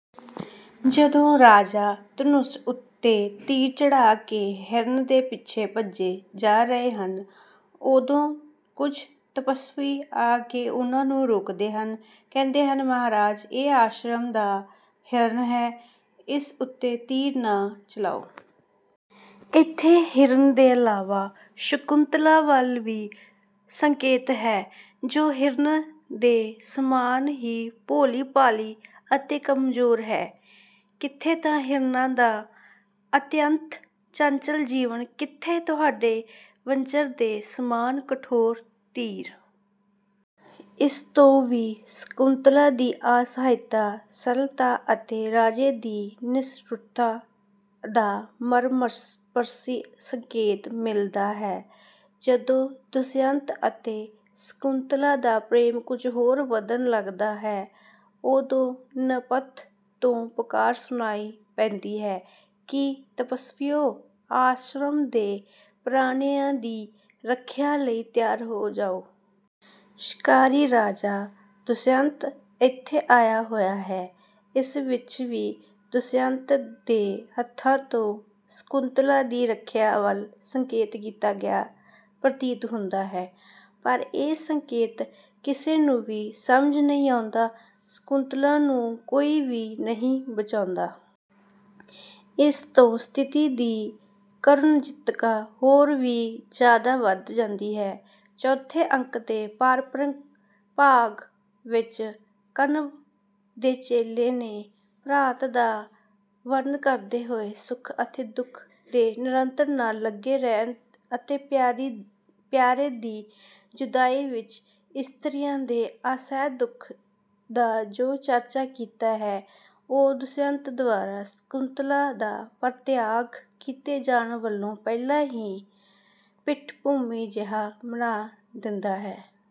ਜਦੋਂ ਰਾਜਾ ਧਨੁਸ਼ ਉੱਤੇ ਤੀਰ ਚੜ੍ਹਾ ਕੇ ਹਿਰਨ ਦੇ ਪਿੱਛੇ ਭੱਜੇ ਜਾ ਰਹੇ ਹਨ, ਉਦੋਂ ਕੁਝ ਤਪੱਸਵੀ ਆ ਕੇ ਉਨ੍ਹਾਂ ਨੂੰ ਰੋਕਦੇ ਹਨ। ਕਹਿੰਦੇ ਹਨ, “ਮਹਾਰਾਜ! ਇਹ ਆਸ਼ਰਮ ਦਾ ਹਿਰਨ ਹੈ, ਇਸ ਉੱਤੇ ਤੀਰ ਨਾ ਚਲਾਓ।” ਇੱਥੇ ਹਿਰਨ ਦੇ ਇਲਾਵਾ ਸ਼ਕੁੰਤਲਾ ਵੱਲ ਵੀ ਸੰਕੇਤ ਹੈ, ਜੋ ਹਿਰਨ ਦੇ ਸਮਾਨ ਹੀ ਭੋਲੀ-ਭਾਲੀ ਅਤੇ ਕਮਜ਼ੋਰ ਹੈ। “ਕਿੱਥੇ ਤਾਂ ਹਿਰਨਾਂ ਦਾ ਅਤਿਅੰਤ ਚੰਚਲ ਜੀਵਨ ਅਤੇ ਕਿੱਥੇ ਤੁਹਾਡੇ ਵਜਰ ਦੇ ਸਮਾਨ ਕਠੋਰ ਤੀਰ!” ਇਸ ਤੋਂ ਵੀ ਸ਼ਕੁੰਤਲਾ ਦੀ ਅਸਹਾਇਤਾ, ਸਰਲਤਾ ਅਤੇ ਰਾਜਾ ਦੀ ਨਿਸ਼ਠੁਰਤਾ ਦਾ ਮਰਮਸਪਰਸ਼ੀ ਸੰਕੇਤ ਮਿਲਦਾ ਹੈ। ਜਦੋਂ ਦੁਸ਼ਿਅੰਤ ਅਤੇ ਸ਼ਕੁੰਤਲਾ ਦਾ ਪ੍ਰੇਮ ਕੁਝ ਹੋਰ ਵਧਣ ਲੱਗਦਾ ਹੈ, ਉਦੋਂ ਨੇਪਥ ਤੋਂ ਪੁਕਾਰ ਸੁਣਾਈ ਪੈਂਦੀ ਹੈ ਕਿ, “ਤਪੱਸਵੀਓ, ਆਸ਼ਰਮ ਦੇ ਪ੍ਰਾਣੀਆਂ ਦੀ ਰੱਖਿਆ ਲਈ ਤਿਆਰ ਹੋ ਜਾਓ। ਸ਼ਿਕਾਰੀ ਰਾਜਾ ਦੁਸ਼ਿਅੰਤ ਇੱਥੇ ਆਇਆ ਹੋਇਆ ਹੈ।” ਇਸ ਵਿੱਚ ਵੀ ਦੁਸ਼ਿਅੰਤ ਦੇ ਹੱਥਾਂ ਤੋਂ ਸ਼ਕੁੰਤਲਾ ਦੀ ਰੱਖਿਆ ਵੱਲ ਸੰਕੇਤ ਕੀਤਾ ਗਿਆ ਪ੍ਰਤੀਤ ਹੁੰਦਾ ਹੈ, ਪਰ ਇਹ ਸੰਕੇਤ ਕਿਸੇ ਨੂੰ ਵੀ ਸਮਝ ਨਹੀਂ ਆਉਂਦਾ; ਸ਼ਕੁੰਤਲਾ ਨੂੰ ਕੋਈ ਵੀ ਨਹੀਂ ਬਚਾਉਂਦਾ। ਇਸ ਤੋਂ ਸਥਿਤੀ ਦੀ ਕਰੁਣਾਜਨਕਤਾ ਹੋਰ ਵੀ ਜ਼ਿਆਦਾ ਵੱਧ ਜਾਂਦੀ ਹੈ। ਚੌਥੇ ਅੰਕ ਦੇ ਪ੍ਰਾਰੰਭਿਕ ਭਾਗ ਵਿੱਚ ਕਣਵ ਦੇ ਚੇਲੇ ਨੇ ਪ੍ਰਭਾਤ ਦਾ ਵਰਣਨ ਕਰਦੇ ਹੋਏ ਸੁਖ ਅਤੇ ਦੁੱਖ ਦੇ ਨਿਰੰਤਰ ਨਾਲ ਲੱਗੇ ਰਹਿਣ ਅਤੇ ਪਿਆਰੇ ਦੀ ਜੁਦਾਈ ਵਿੱਚ ਇਸਤਰੀਆਂ ਦੇ ਅਸਹਿ ਦੁੱਖ ਦਾ ਜੋ ਚਰਚਾ ਕੀਤਾ ਹੈ, ਉਹ ਦੁਸ਼ਿਅੰਤ ਦੁਆਰਾ ਸ਼ਕੁੰਤਲਾ ਦਾ ਪਰਿਤਿਆਗ ਕੀਤੇ ਜਾਣ ਵਲੋਂ ਪਹਿਲਾਂ ਹੀ ਪਿੱਠਭੂਮੀ ਜਿਹਾ ਬਣਾ ਦਿੰਦਾ ਹੈ।